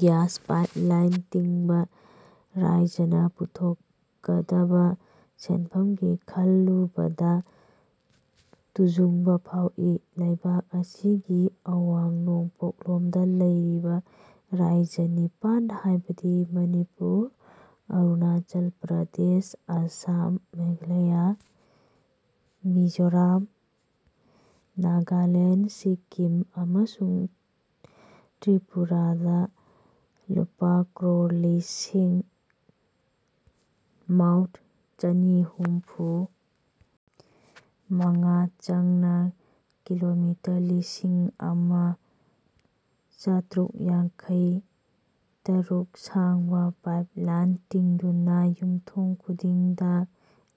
Gas pipeline ꯇꯤꯡꯕ ꯔꯥꯢꯖꯅ ꯄꯨꯊꯣꯛꯀꯗꯕ ꯁꯦꯟꯐꯝꯒꯤ ꯈꯜꯂꯨꯕꯗ ꯇꯨꯖꯨꯡꯕ ꯐꯥꯎꯏ ꯂꯩꯕꯥꯛ ꯑꯁꯤꯒꯤ ꯑꯋꯥꯡ ꯅꯣꯡꯄꯣꯛꯂꯣꯝꯗ ꯂꯩꯔꯤꯕ ꯔꯥꯢꯖ ꯅꯤꯄꯥꯜ ꯍꯥꯏꯕꯗꯤ ꯃꯅꯤꯄꯨꯔ, ꯑꯔꯨꯅꯥꯆꯜ ꯄ꯭ꯔꯗꯦꯁ, ꯑꯁꯥꯝ, ꯃꯦꯘꯥꯂꯌꯥ, ꯃꯤꯖꯣꯔꯥꯝ, ꯅꯥꯒꯥꯂꯦꯟꯗ, ꯁꯤꯛꯀꯤꯝ ꯑꯃꯁꯨꯡ ꯇ꯭ꯔꯤꯄꯨꯔꯥꯗ ꯂꯨꯄꯥ ꯀ꯭ꯔꯣꯔ ꯂꯤꯁꯤꯡ ꯃꯥꯎꯠ ꯆꯅꯤ ꯍꯨꯝꯐꯨ ꯃꯉꯥ ꯆꯪꯅ ꯀꯤꯂꯣꯃꯤꯇꯔ ꯂꯤꯁꯤꯡ ꯑꯃꯥ ꯆꯥꯇ꯭ꯔꯨꯛ ꯌꯥꯡꯈꯩ ꯇꯔꯨꯛ ꯁꯥꯡꯕ ꯄꯥꯏꯞꯂꯥꯏꯟ ꯇꯤꯡꯗꯨꯅ ꯌꯨꯝꯊꯣꯡ ꯈꯨꯗꯤꯡꯗ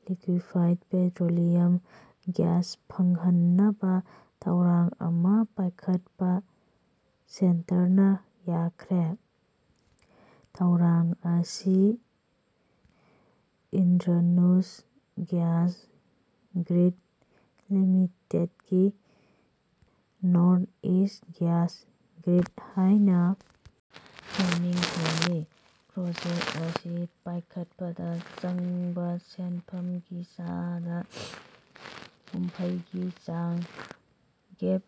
ꯂꯤꯀ꯭ꯋꯤꯐꯥꯢꯗ ꯄꯦꯇ꯭ꯔꯣꯂꯤꯌꯝ ꯒꯤꯌꯥꯁ ꯐꯪꯍꯟꯅꯕ ꯊꯧꯔꯥꯡ ꯑꯃ ꯄꯥꯏꯈꯠꯄ ꯁꯦꯟꯇꯔꯅ ꯌꯥꯈ꯭ꯔꯦ꯫ ꯊꯧꯔꯥꯡ ꯑꯁꯤ ꯏꯟꯗ꯭ꯔꯅꯨꯁ ꯒ꯭ꯌꯥꯁ ꯒ꯭ꯔꯤꯗ ꯂꯤꯃꯤꯇꯦꯗꯀꯤ ꯅꯣꯔꯊ ꯏꯁꯠ ꯒ꯭ꯌꯥꯁ ꯒ꯭ꯔꯤꯗ ꯍꯥꯏꯅ ꯃꯃꯤꯡ ꯊꯣꯜꯂꯤ꯫ ꯄ꯭ꯔꯣꯖꯦꯛꯠ ꯑꯁꯤ ꯄꯥꯏꯈꯠꯄꯗ ꯆꯪꯕ ꯁꯦꯟꯐꯝꯒꯤ ꯆꯥꯗ ꯍꯨꯝꯐꯩ ꯒꯤ ꯆꯥꯡ ꯒꯦꯞ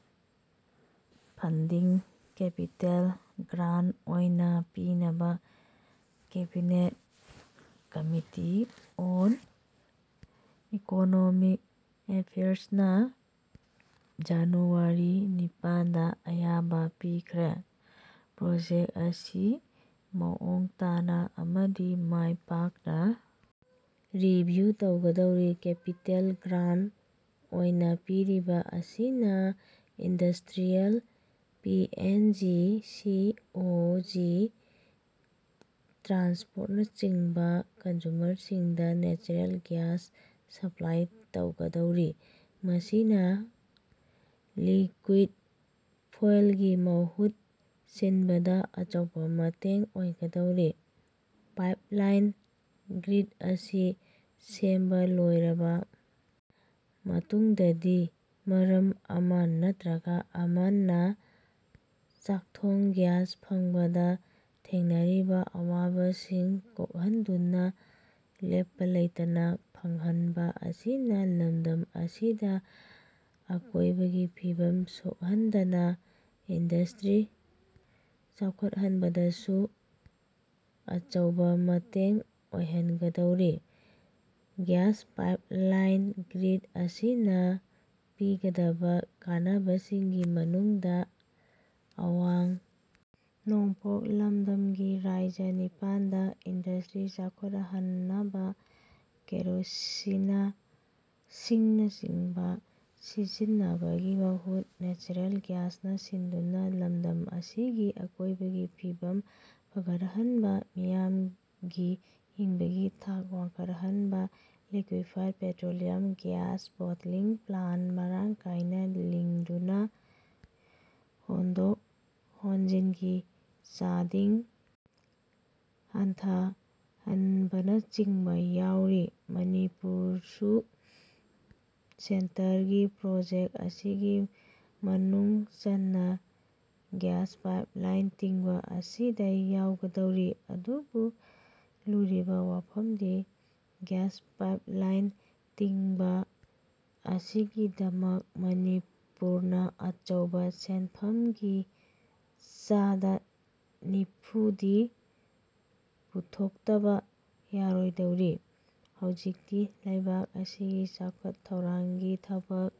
ꯐꯟꯗꯤꯡ ꯀꯦꯄꯤꯇꯦꯜ ꯒ꯭ꯔꯥꯟ ꯑꯣꯏꯅ ꯄꯤꯅꯕ ꯀꯦꯕꯤꯅꯦꯠ ꯀꯝꯃꯤꯇꯤ ꯑꯣꯟ ꯏꯀꯣꯅꯣꯃꯤꯛ ꯑꯦꯐꯤꯌꯥꯔꯁꯅ ꯖꯥꯅꯨꯋꯥꯔꯤ ꯅꯤꯄꯥꯟꯗ ꯑꯌꯥꯕ ꯄꯤꯈ꯭ꯔꯦ꯫ ꯄ꯭ꯔꯣꯖꯦꯛꯠ ꯑꯁꯤ ꯃꯑꯣꯡ ꯇꯥꯅ ꯑꯃꯗꯤ ꯃꯥꯏ ꯄꯥꯛꯅ ꯔꯤꯚꯤꯌꯨ ꯇꯧꯒꯗꯧꯔꯤ꯫ ꯀꯦꯄꯤꯇꯦꯜ ꯒ꯭ꯔꯥꯟ ꯑꯣꯏꯅ ꯄꯤꯔꯤꯕ ꯑꯁꯤꯅ ꯏꯟꯗꯁ꯭ꯇ꯭ꯔꯤꯌꯦꯜ ꯄꯤ ꯑꯦꯟ ꯖꯤ, ꯁꯤ ꯑꯣ ꯖꯤ ꯇ꯭ꯔꯥꯟꯁꯄꯣꯔꯠꯅꯆꯤꯡꯕ ꯀꯟꯖꯨꯃꯔꯁꯤꯡꯗ ꯅꯦꯆꯔꯦꯜ ꯒ꯭ꯌꯥꯁ ꯁꯄ꯭ꯂꯥꯏ ꯇꯧꯒꯗꯧꯔꯤ꯫ ꯃꯁꯤꯅ ꯂꯤꯀ꯭ꯋꯨꯏꯗ ꯐꯣꯏꯜꯒꯤ ꯃꯍꯨꯠ ꯁꯤꯟꯕꯗ ꯑꯆꯧꯕ ꯃꯇꯦꯡ ꯑꯣꯏꯒꯗꯧꯔꯤ꯫ ꯄꯥꯏꯞꯂꯥꯏꯟ ꯒ꯭ꯔꯤꯗ ꯑꯁꯤ ꯁꯦꯝꯕ ꯂꯣꯏꯔꯕ ꯃꯇꯨꯡꯗꯗꯤ ꯃꯔꯝ ꯑꯃ ꯅꯠꯇ꯭ꯔꯒ ꯑꯃꯅ ꯆꯥꯛꯊꯣꯡ ꯒ꯭ꯌꯥꯁ ꯐꯪꯕꯗ ꯊꯦꯡꯅꯔꯤꯕ ꯑꯋꯥꯕꯁꯤꯡ ꯀꯣꯛꯍꯟꯗꯨꯅ ꯂꯦꯞꯄ ꯂꯩꯇꯅ ꯐꯪꯍꯟꯕ ꯑꯁꯤꯅ ꯂꯝꯗꯝ ꯑꯁꯤꯗ ꯑꯀꯣꯏꯕꯒꯤ ꯐꯤꯚꯝ ꯁꯣꯛꯍꯟꯗꯅ ꯏꯟꯗꯁꯇ꯭ꯔꯤ ꯆꯥꯎꯈꯠꯍꯟꯕꯗꯁꯨ ꯑꯆꯧꯕ ꯃꯇꯦꯡ ꯑꯣꯏꯍꯟꯒꯗꯧꯔꯤ꯫ ꯒ꯭ꯌꯥꯁ ꯄꯥꯏꯞꯂꯥꯏꯟ ꯒ꯭ꯔꯤꯗ ꯑꯁꯤꯅ ꯄꯤꯒꯗꯕ ꯀꯥꯟꯅꯕꯁꯤꯡꯒꯤ ꯃꯅꯨꯡꯗ ꯑꯋꯥꯡ ꯅꯣꯡꯄꯣꯛ ꯂꯝꯗꯝꯒꯤ ꯔꯥꯢꯖ ꯅꯤꯄꯥꯟꯗ ꯏꯟꯗꯁꯇ꯭ꯔꯤ ꯆꯥꯎꯈꯠꯍꯟꯅꯕ ꯀꯦꯔꯣꯁꯤꯅ, ꯁꯤꯡꯅꯆꯤꯡꯕ ꯁꯤꯖꯤꯟꯅꯕꯒꯤ ꯃꯍꯨꯠ ꯅꯦꯆꯔꯦꯜ ꯒ꯭ꯌꯥꯁꯅ ꯁꯤꯟꯗꯨꯅ ꯂꯝꯗꯝ ꯑꯁꯤꯒꯤ ꯑꯀꯣꯏꯕꯒꯤ ꯐꯤꯚꯝ ꯐꯒꯠꯍꯟꯕ, ꯃꯤꯌꯥꯝꯒꯤ ꯍꯤꯡꯕꯒꯤ ꯊꯥꯛ ꯋꯥꯡꯈꯠꯍꯟꯕ, liquefied petroleum gas bottling plant ꯃꯔꯥꯡ ꯀꯥꯏꯅ ꯂꯤꯡꯗꯨꯅ ꯍꯣꯟꯗꯣꯛ ꯍꯣꯟꯖꯤꯟꯒꯤ ꯆꯥꯗꯤꯡ ꯍꯟꯊꯍꯟꯕꯅꯆꯤꯡꯕ ꯌꯥꯎꯔꯤ꯫ ꯃꯅꯤꯄꯨꯔꯁꯨ ꯁꯦꯟꯇꯔꯒꯤ ꯄ꯭ꯔꯣꯖꯦꯛ ꯑꯁꯤꯒꯤ ꯃꯅꯨꯡ ꯆꯟꯅ ꯒ꯭ꯌꯥꯁ ꯄꯥꯏꯞꯂꯥꯏꯟ ꯇꯤꯡꯕ ꯑꯁꯤꯗ ꯌꯥꯎꯒꯗꯧꯔꯤ꯫ ꯑꯗꯨꯕꯨ ꯂꯨꯔꯤꯕ ꯋꯥꯐꯝꯗꯤ ꯒ꯭ꯌꯥꯁ ꯄꯥꯏꯞꯂꯥꯏꯟ ꯇꯤꯡꯕ ꯑꯁꯤꯒꯤꯗꯃꯛ ꯃꯅꯤꯄꯨꯔꯅ ꯑꯆꯧꯕ ꯁꯦꯟꯐꯝꯒꯤ ꯆꯥꯗ ꯅꯤꯐꯨꯗꯤ ꯄꯨꯊꯣꯛꯇꯕ ꯌꯥꯔꯣꯏꯗꯧꯔꯤ꯫ ꯍꯧꯖꯤꯛꯇꯤ ꯂꯩꯕꯥꯛ ꯑꯁꯤꯒꯤ ꯆꯥꯎꯈꯠ ꯊꯧꯔꯥꯡꯒꯤ ꯊꯕꯛ